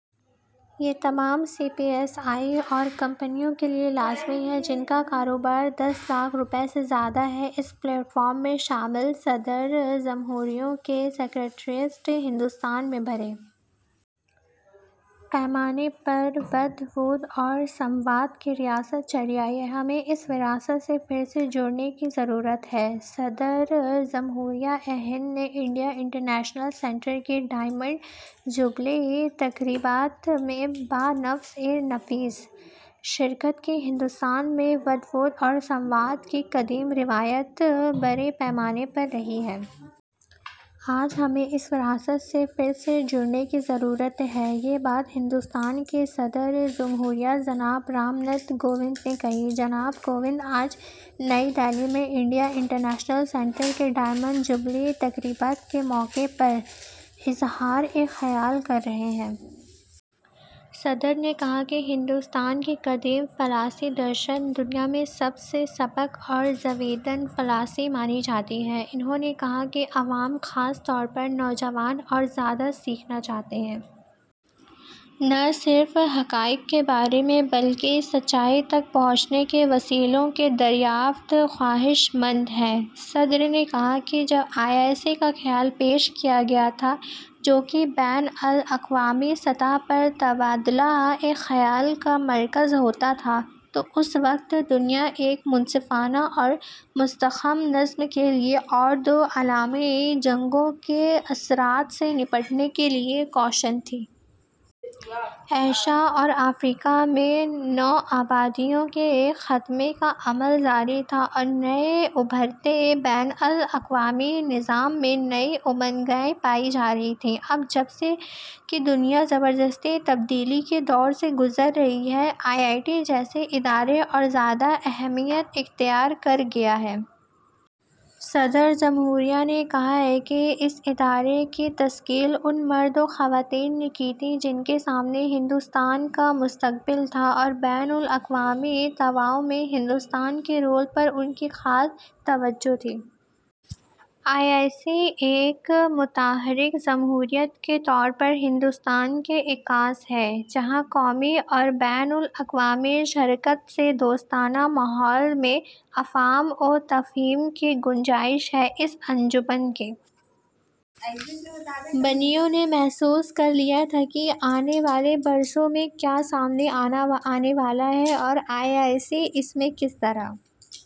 یہ تمام C P S E اور کمپنیوں کے لئے لازمی ہے جن کا کاروبار دس لاکھ روپے سے زیادہ ہے۔ اس پلیٹ فارم میں شامل. صدر جمہوریہ کا سکریٹریٹ ہندوستان میں بڑے پیمانے پر '' واد وواد'' اور ''سمواد'' کی روایت چلی آئی ہے، ہمیں اس وراثت سے پھر سے جڑنے کی ضرورت ہے صدر جمہوریہ ہند نے انڈیا انٹرنیشنل سنٹر کی ڈائمنڈ جبلی تقریبات میں بہ نفس نفیس شرکت کی ہندوستان میں واد وواد اور سمواد کی قدیم روایت بڑے پیمانے پر رہی ہے۔ آج ہمیں اس وراثت سے پھر سے جڑنے کی ضرورت ہے۔ یہ بات ہندوستان کے صدر جمہوریہ جناب رامناتھ کووند نے کہی۔ جناب کووند آج نئی دلی میں انڈیا انٹر نیشنل سنٹر کی ڈائمنڈ جبلی تقریبات کے موقع پر اظہار خیال کر رہے تھے۔ صدر نے کہا کہ ہندوستان کی قدیم فلاسفی '' درشن'' دنیا میں سب سے سبک اور جاوداں فلاسفی مانی جاتی ہے۔ انہوں نے کہا کہ عوام ، خاص طور پر نوجوان اور زیادہ سیکھنا چاہتے ہیں۔ نہ صرف حقائق کے بارے میں بلکہ سچائی تک پہنچنے کے وسیلوں کی دریافت خواہشمند ہیں۔ صدر نے کہا کہ میں جب آئی آئی سی کا خیال پیش کیا گیا تھا، جو کہ بین الاقوامی سطح پر تبادلۂ خیال کا مرکز ہوتا تھا، تو اس وقت دنیا ایک منصفانہ اور مستحکم نظم کے لئے اور دو عالمی جنگوں کے اثرات سے نمٹنے کے لئے کوشاں تھی۔ ایشا اور افریقہ میں نو آبادیات کے خاتمے کا عمل جاری تھا اور نئے ابھرتے بین الاقوامی نظام میں نئی امنگیں پائی جا رہی تھیں۔ اب جب کہ دنیا زبردست تبدیلی کے دور سے گزر رہی ہے، آئی آئی سی جیسے ادارے اور زیادہ اہمیت اختیار کر گئے ہیں۔ صدر جمہوریہ نے کہا کہ اس ادارے کی تشکیل ان مرد و خواتین نے کی تھی، جن کے سامنے ہندوستان کا مستقبل تھا اور بین الاقوامی تعاون میں ہندوستان کے رول پر ان کی خاص توجہ تھی۔ آئی آئی سی ایک متحرک جمہوریت کے طور پر ہندوستان کی عکاس ہے ، جہاں قومی اور بین الاقوامی شراکت سے دوستانہ ماحول میں افہام و تفہیم کی گنجائش ہے۔ اس انجمن کے بانیوں نے محسوس کر لیا تھا کہ آنے والے برسوں میں کیا سامنے آنے والا ہے اور آئی آئی سی اس میں کس طرح